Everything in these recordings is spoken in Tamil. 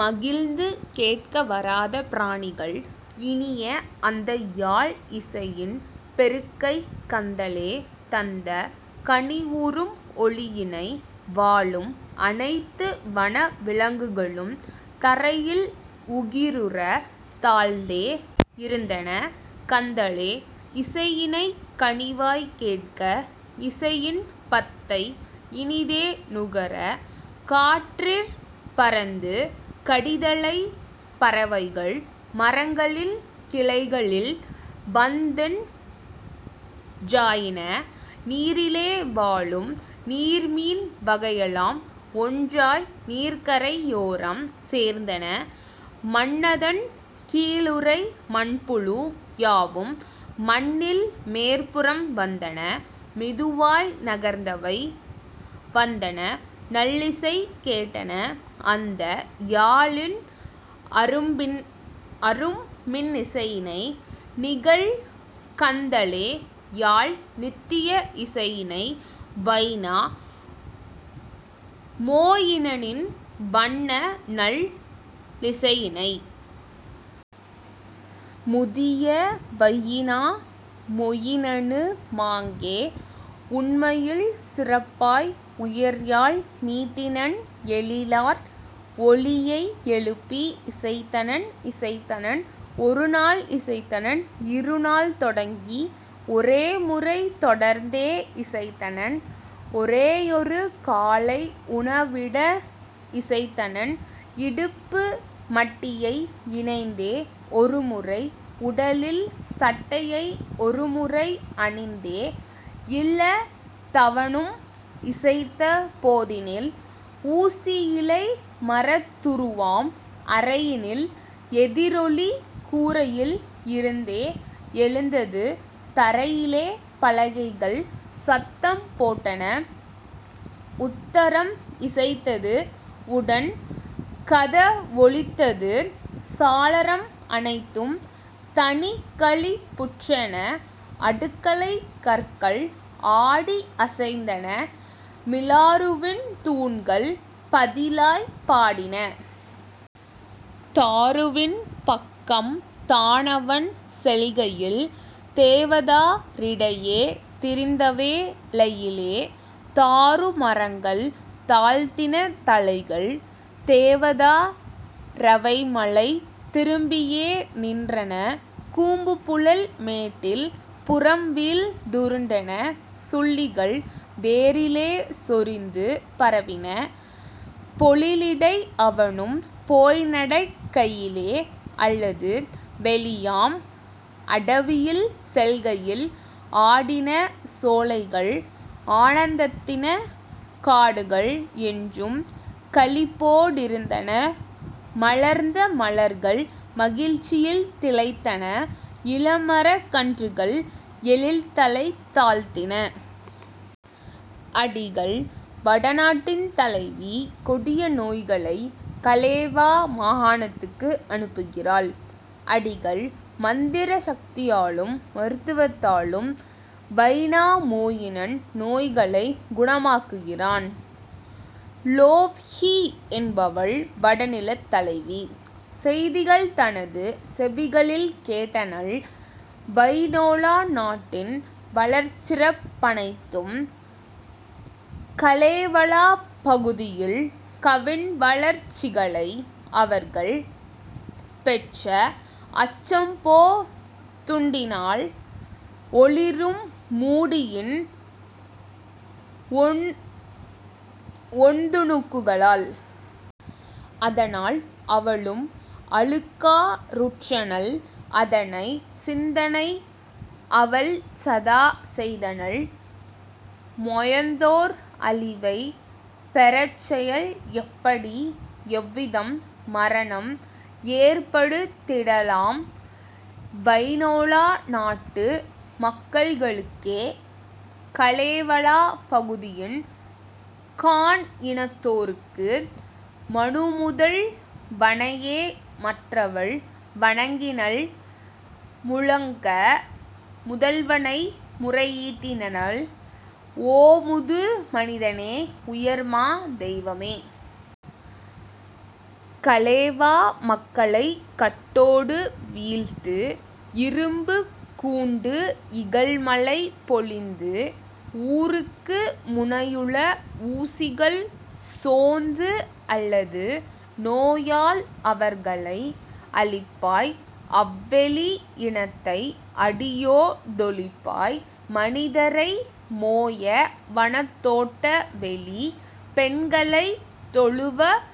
மகிழ்ந்து கேட்க வராத பிராணிகள் இனிய அந்தயாழ் இசையின் பெருக்கை கந்தலே தந்த கனிவுறும் ஒலியினை. வாழும் அனைத்து வனவிலங் குகளும் தரையில் உகிருறத் தாழ்ந்தே இருந்தன கந்தலே இசையினைக் கனிவாய்க் கேட்க இசையின் பத்தை இனிதே நுகர; காற்றிற் பறந்து கடிதலை பறவைகள் மரங்களின் கிளைகளில் வந்தொன் றாயின நீரிலே வாழும் நீர்மீன் வகையெலாம் ஒன்றாய் நீர்க்கரை யோரம் சேர்ந்தன மண்ணதன் கீழ்உறை மண்புழு யாவும் மண்ணின் மேற்புறம் வந்தன மெதுவாய் நகர்ந்தவை வந்தன நல்லிசை கேட்டன அந்த யாழின் அரும்மின் னிசையினை நிகழ்கந் தலேயாழ் நித்திய இசையினை வைனா மொயினனின் வண்ணநல் லிசையினை. முதிய வையினா மொயினனு மாங்கே உண்மையில் சிறப்பாய் உயர்யாழ் மீட்டினன் எழிலார் ஒலியை எழுப்பி இசைத்தனன்; இசைத்தனன் ஒருநாள் இசைத்தனன் இருநாள் தொடங்கி ஒரேமுறை தொடர்ந்தே இசைத்தனன் ஒரேயொரு காலை உணவுட னிசைத்தனன் இடுப்புப் பட்டியை இணைத்தே ஒருமுறை உடலில் சட்டையை ஒருமுறை அணிந்தே. இல்லத் தவனும் இசைத்த போதினில் ஊசி யிலைமரத் துருவாம் அறையினில் எதிரொலி கூரையில் இருந்தே எழுந்தது தரையிலே பலகைகள் சத்தம் போட்டன உத்தரம் இசைத்தது உடன்கத வொலித்தது சாளரம் அனைத்தும் தனிக்களிப் புற்றன அடுக்களைக் கற்கள் ஆடி யசைந்தன மிலாறுவின் தூண்கள் பதிலாய்ப் பாடின. தாருவின் பக்கம் தான்அவன் செல்கையில் தேவதா ரிடை யே திரிந்தவே ளையிலே தாரு மரங்கள் தாழ்த்தின தலைகள் தேவதா ரவைமலைத் திரும்பியே நின்றன கூம்புபுல் மேட்டில் புறம்வீழ்ந் துருண்டன சுள்ளிகள் வேரிலே சொரிந்து பரவின பொழிலிடை அவனும் போய்நடக் கையிலே அல்லது வெளியாம் அடவியில் செல்கையில் ஆடின சோலைகள் ஆனந் தித்தன காடுகள் என்றும் களிப்போ டிருந்தன மலர்ந்த மலர்கள் மகிழ்ச்சியில் திளைத்தன இளமரக் கன்றுகள் எழில்தலை தாழ்த்தின. அடிகள்: வட நாட்டின் தலைவி கொடிய நோய்களைக் கலேவா மாகாணத்துக்கு அனுப்புகிறாள். அடிகள்: மந்திர சக்தியாலும் மருத்துவத்தாலும் வைனாமொயினன் நோய்களைக் குணமாக்குகிறான். லொவ்ஹி என்பவள் வடநிலத் தலைவி செய்திகள் தனது செவிகளில் கேட்டனள் வைனொலா நாட்டின் வளர்சிறப் பனைத்தும் கலேவலாப் பகுதியின் கவின்வளர்ச் சிகளை அவர்கள் பெற்றஅச் சம்போத் துண்டினால் ஒளிரும் மூடியின் ஒண்துணுக் குகளால். அதனால் அவளும் அழுக்கா றுற்றனள் அதனைச் சிந்தனை அவள்சதா செய்தனள் பொயதோர் அழிவைப் பெறச்செயல் எப்படி எவ்விதம் மரணம் ஏற்படுத் திடலாம் வைனொலா நாட்டு மக்களுக் கங்கே கலேவலாப் பகுதியின் காண்இனத் தோர்க்கு. மனுமுதல் வனையே மற்றவள் வணங்கினள் முழக்க முதல்வனை முறையீ டிட்டனள்: "ஓ, முது மனிதனே, உயர்மா தெய்வமே! கலேவா மக்களைக் கட்டொடு வீழ்த்து இரும்புக் குண்டு இகல்மழை பொழிந்து உருக்கு முனையுள ஊசிகள் சொந்து அல்லது நோயால் அவர்களை அழிப்பாய் அவ்வெளி இனத்தை அடியோ டொழிப்பாய் மனிதரைப் பொய வனத்தோட் டவெளி பெண்களைத் தொழுவப்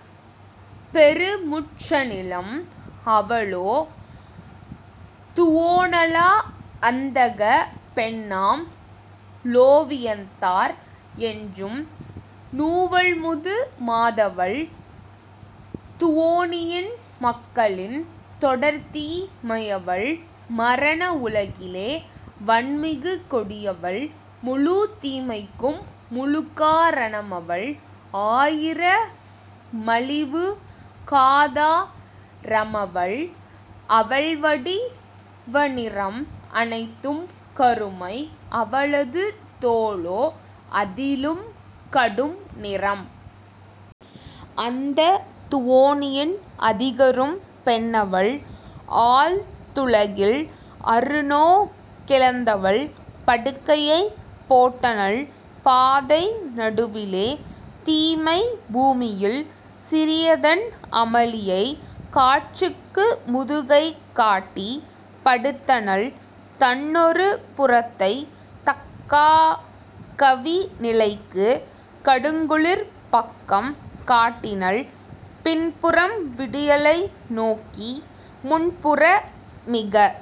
பெருமுற் றநிலம்! " அவளோ துவோனலா அந்தகப் பெண்ணாம் லொவியத்தார் என்று நுவல்முது மாதவள் துவோனியின் மக்களில் தொடர்தீ மையவள் மரணத் உலகிலே வன்மிகுக் கொடியவள் முழுத் தீமைக்கும் முழுக்கா ரணமவள் ஆயிர மழிவுக் காதா ரமவள்; அவள்வடி வநிறம் அனைத்தும் கருமை அவளது தோலோ அதிலும் கடும்நிறம். அந்தத் துவோனியின் அதிகரும் பெண்ணவள் ஆழத் துலகில் அருநோக் கிழந்தவள் படுக்கையைப் போட்டனள் பாதை நடுவிலே தீமைப் பூமியில் சிறியதன் அமளியை; காற்றுக்கு முதுகைக் காட்டிப் படுத்தனள் தன்னொரு புறத்தை தகாக்கவி நிலைக்கு கடுங்குளிர்ப் பக்கம் காட்டினள் பின்புறம் விடியலை நோக்கிமுன் புறமிகக்